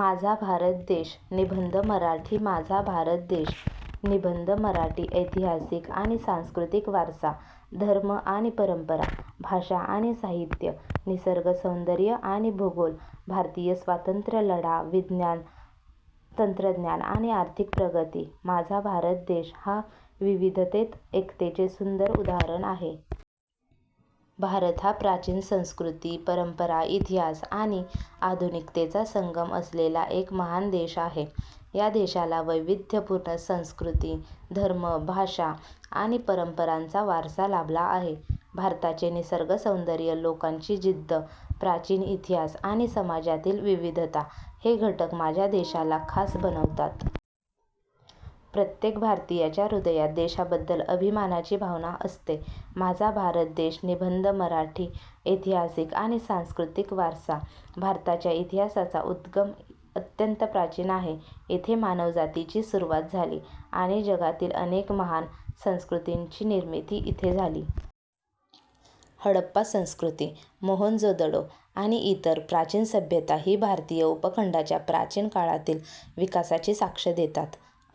माझा भारत देश निबंध मराठी माझा भारत देश निबंध मराठी ऐतिहासिक आणि सांस्कृतिक वारसा धर्म आणि परंपरा भाषा आणि साहित्य निसर्गसौंदर्य आणि भूगोल भारतीय स्वातंत्र्य लढा विज्ञान, तंत्रज्ञान, आणि आर्थिक प्रगती माझा भारत देश हा विविधतेत एकतेचे सुंदर उदाहरण आहे. भारत हा प्राचीन संस्कृती, परंपरा, इतिहास, आणि आधुनिकतेचा संगम असलेला एक महान देश आहे. या देशाला वैविध्यपूर्ण संस्कृती, धर्म, भाषा, आणि परंपरांचा वारसा लाभला आहे. भारताचे निसर्गसौंदर्य, लोकांची जिद्द, प्राचीन इतिहास, आणि समाजातील विविधता हे घटक माझ्या देशाला खास बनवतात. प्रत्येक भारतीयाच्या हृदयात देशाबद्दल अभिमानाची भावना असते. माझा भारत देश निबंध मराठी ऐतिहासिक आणि सांस्कृतिक वारसा भारताच्या इतिहासाचा उद्गम अत्यंत प्राचीन आहे. इथे मानवजातीची सुरुवात झाली, आणि जगातील अनेक महान संस्कृतींची निर्मिती इथे झाली. हडप्पा संस्कृती, मोहनजोदडो, आणि इतर प्राचीन सभ्यता ही भारतीय उपखंडाच्या प्राचीन काळातील विकासाची साक्ष देतात.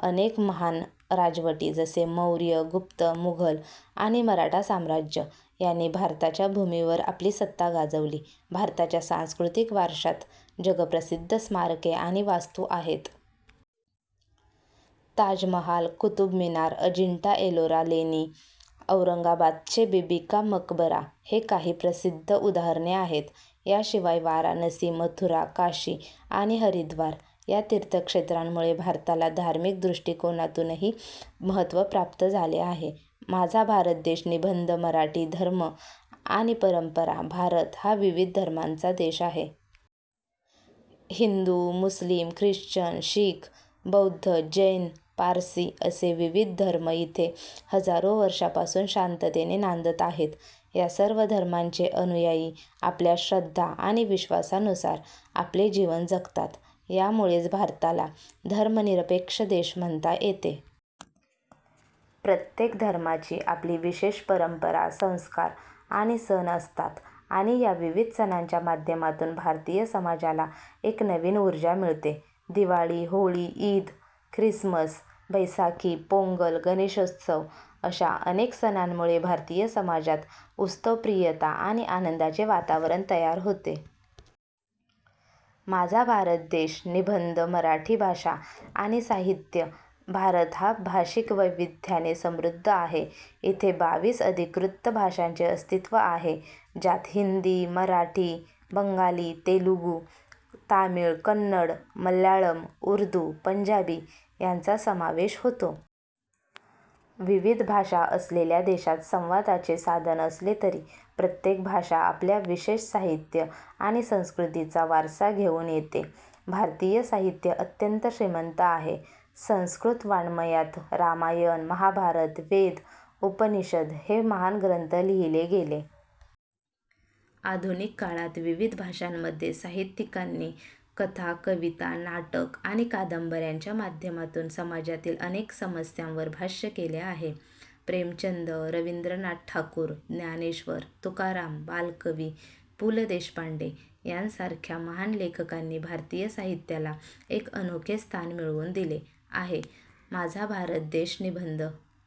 अनेक महान राजवटी, जसे मौर्य, गुप्त, मुघल, आणि मराठा साम्राज्य, यांनी भारताच्या भूमीवर आपली सत्ता गाजवली. भारताच्या सांस्कृतिक वारशात जगप्रसिद्ध स्मारके आणि वास्तू आहेत. ताजमहाल, कुतुब मिनार, अजिंठा एलोरा लेणी, औरंगाबादचे बीबी का मकबरा हे काही प्रसिद्ध उदाहरणे आहेत. याशिवाय, वाराणसी, मथुरा, काशी, आणि हरिद्वार या तीर्थक्षेत्रांमुळे भारताला धार्मिक दृष्टिकोनातूनही महत्त्व प्राप्त झाले आहे. माझा भारत देश निबंध मराठी धर्म आणि परंपरा भारत हा विविध धर्मांचा देश आहे. हिंदू, मुस्लिम, ख्रिश्चन, शीख, बौद्ध, जैन, पारसी असे विविध धर्म इथे हजारो वर्षांपासून शांततेने नांदत आहेत. या सर्व धर्मांचे अनुयायी आपल्या श्रद्धा आणि विश्वासानुसार आपले जीवन जगतात. यामुळेच भारताला धर्मनिरपेक्ष देश म्हणता येते. प्रत्येक धर्माची आपली विशेष परंपरा, संस्कार, आणि सण असतात, आणि या विविध सणांच्या माध्यमातून भारतीय समाजाला एक नवीन ऊर्जा मिळते. दिवाळी, होळी, ईद, ख्रिसमस, बैसाखी, पोंगल, गणेशोत्सव अशा अनेक सणांमुळे भारतीय समाजात उत्सवप्रियता आणि आनंदाचे वातावरण तयार होते. माझा भारत देश निबंध मराठी भाषा आणि साहित्य भारत हा भाषिक वैविध्याने समृद्ध आहे. इथे बावीस अधिकृत भाषांचे अस्तित्व आहे, ज्यात हिंदी, मराठी, बंगाली, तेलुगू, तामिळ, कन्नड, मल्याळम, उर्दू, पंजाबी यांचा समावेश होतो. विविध भाषा असलेल्या देशात संवादाचे साधन असले तरी, प्रत्येक भाषा आपल्या विशेष साहित्य आणि संस्कृतीचा वारसा घेऊन येते. भारतीय साहित्य अत्यंत श्रीमंत आहे. संस्कृत वाङ्मयात रामायण, महाभारत, वेद, उपनिषद हे महान ग्रंथ लिहिले गेले. आधुनिक काळात, विविध भाषांमध्ये साहित्यिकांनी कथा, कविता, नाटक, आणि कादंबऱ्यांच्या माध्यमातून समाजातील अनेक समस्यांवर भाष्य केले आहे. प्रेमचंद, रवींद्रनाथ ठाकूर, ज्ञानेश्वर, तुकाराम, बालकवी, पु. ल. देशपांडे यांसारख्या महान लेखकांनी भारतीय साहित्याला एक अनोखे स्थान मिळवून दिले आहे. माझा भारत देश निबंध